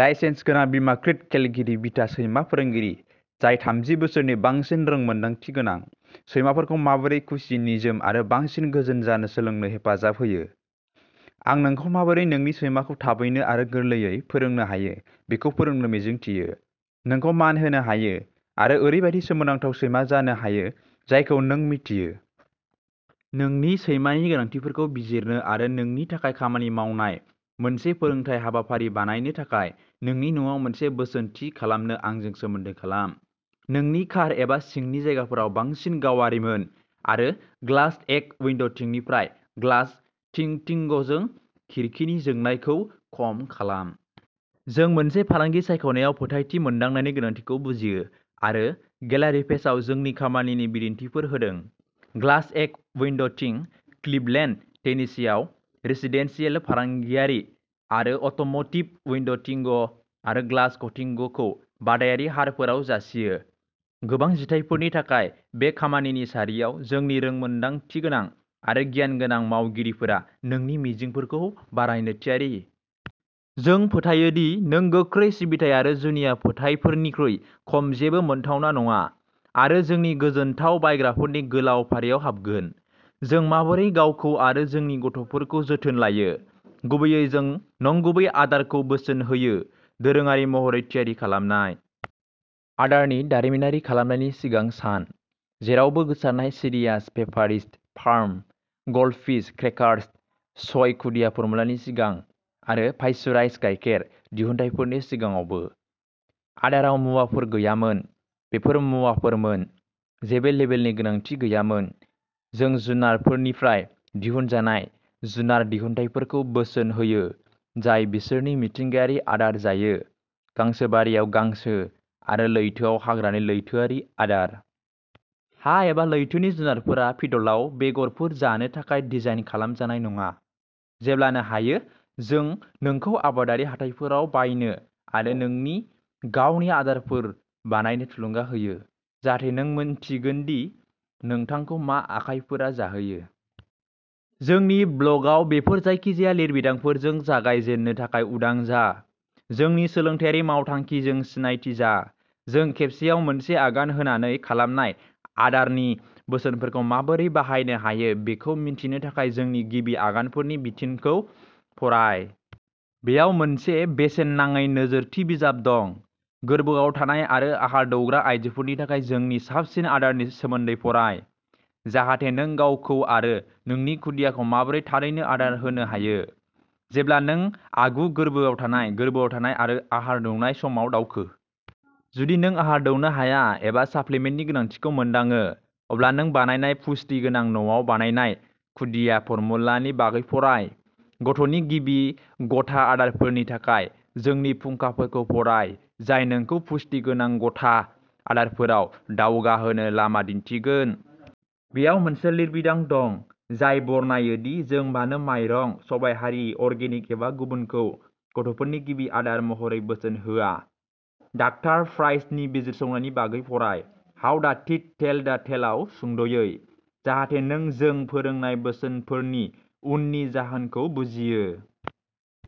Licence गोनां बीमाकृत केलगेरी बिथा सैमा फोरोंगिरि जाय थामजि बोसोरनि बांसिन रोंमोन्दांथि गोनां, सैमाफोरखौ माबोरै खुसि, निजोम आरो बांसिन गोजोन जानो सोलोंनो हेफाजाब होयो। आं नोंखौ माबोरै नोंनि सैमाखौ थाबैनो आरो गोरलैयै फोरोंनो हायो बेखौ फोरोंनो मिजिंथियो, नोंखौ मान होनो हायो आरो ओरैबादि सोमोनांथाव सैमा जानो हायो जायखौ नों मिथियो। नोंनि सैमानि गोनांथिफोरखौ बिजिरनो आरो नोंनि थाखाय खामानि मावनाय मोनसे फोरोंथाय हाबाफारि बानायनो थाखाय नोंनि न'आव मोनसे बोसोन थि खालामनो आंजों सोमोन्दो खालाम। नोंनि कार एबा सिंनि जायगाफोराव बांसिन गावारिमोन आरो ग्लास एक्ट उइन्ड'टिंनिफ्राय ग्लास टिंटिंगजों खिरखिनि जोंनायखौ खम खालाम। जों मोनसे फालांगि सायख'नायाव फोथायथि मोनदांनायनि गोनांथिखौ बुजियो आरो गेलारि पेजआव जोंनि खामानिनि बिदिन्थिफोर होदों। ग्लास एक्ट उइन्ड'टिं क्लिभलेन्ड, टेनेसीआव, रेसिदेन्सियेल, फालांगियारि आरो अट'म'टिभ उइन्ड'टिंटिंग आरो ग्लास कटिंगखौ बादायारि हारफोराव जासियो। गोबां जिथायफोरनि थाखाय बे खामानिनि सारियाव, जोंनि रोंमोन्दांथिगोनां आरो गियानगोनां मावगिरिफोरा नोंनि मिजिंफोरखौ बारायनो थियारि। जों फोथायो दि नों गोख्रै सिबिथाइ आरो जुनिया फोथायफोरनिख्रुइ खम जेबो मोनथावना नङा। आरो जोंनि गोजोनथाव बायग्राफोरनि गोलाव फारियाव हाबगोन। जों माबोरै गावखौ आरो जोंनि गथ'फोरखौ जोथोन लायो? गुबैयै, जों नंगुबै आदारखौ बोसोन होयो, दोरोङारि महरै थियारि खालामनाय। आदारनि दारिमिनारि खालामनायनि सिगां सान। जेरावबो गोसारनाय Cheerios, Pepperidge Farm Goldfish crackers, सय खुदिया फर्मुलानि सिगां आरो पास्चुराइज्ड गायखेर दिहुनथायफोरनि सिगाङावबो। आदाराव मुवाफोर गैयामोन, बेफोर मुवाफोरमोन। जेबो लेबेलनि गोनांथि गैयामोन। जों जुनारफोरनिफ्राय दिहुनजानाय जुनार दिहुनथायफोरखौ बोसोन होयो, जाय बिसोरनि मिथिंगायारि आदार जायो, गांसोबारिआव गांसो आरो लैथोआव हाग्रानि लैथोआरि आदार। हा एबा लैथोनि जुनारफोरा फिडलटआव बेगरफोर जानो थाखाय डिजाइन खालाम जानाय नङा। जेब्लानो हायो, जों नोंखौ आबादारि हाथाइफोराव बायनो आरो नोंनि गावनि आदारफोर बानायनो थुलुंगा होयो, जाहाथे नों मिन्थिगोन दि नोंथांखौ मा आखायफोरा जाहैयो। जोंनि ब्ल'गआव बेफोर जायखिजाया लिरबिदांफोरजों जागायजेननो थाखाय उदां जा। जोंनि सोलोंथायारि मावथांखिजों सिनायथि जा। जों खेबसेआव मोनसे आगान होनानै खालामनाय आदारनि बोसोनफोरखौ माबोरै बाहायनो हायो बेखौ मिथिनो थाखाय जोंनि गिबि आगानफोरनि बिथोनखौ फराय। बेयाव मोनसे बेसेन नाङै नोजोरथि बिजाब दं। गोरबोआव थानाय आरो आहार दौग्रा आयजोफोरनि थाखाय जोंनि साबसिन आदारनि सोमोन्दै फराय, जाहाथे नों गावखौ आरो नोंनि खुदियाखौ माबोरै थारैनो आदार होनो हायो, जेब्ला नों आगु गोर्बोआव थानाय, गोर्बोआव थानाय आरो आहार दौनाय समाव दावखो। जुदि नों आहार दौनो हाया एबा साप्लिमेन्टनि गोनांथिखौ मोनदाङो, अब्ला नों बानायनाय पुष्टि गोनां न'आव बानायनाय खुदिया फर्मुलानि बागै फराय। गथ'नि गिबि गथा आदारफोरनि थाखाय जोंनि फुंखाफोरखौ फराय, जाय नोंखौ पुष्टि गोनां गथा आदारफोराव दावगाहोनो लामा दिन्थिगोन। बेयाव मोनसे लिरबिदां दं, जाय बरनायो दि जों मानो माइरं सबायहारि, अर्गेनिक एबा गुबुनखौ, गथ'फोरनि गिबि आदार महरै बोसोन होआ। डाक्टार प्राइसनि बिजिरसंनायनि बागै फराय, how the teeth tell the टेलआव सुंद'यै, जाहाथे नों जों फोरोंनाय बोसोनफोरनि उननि जाहोनखौ बुजियो।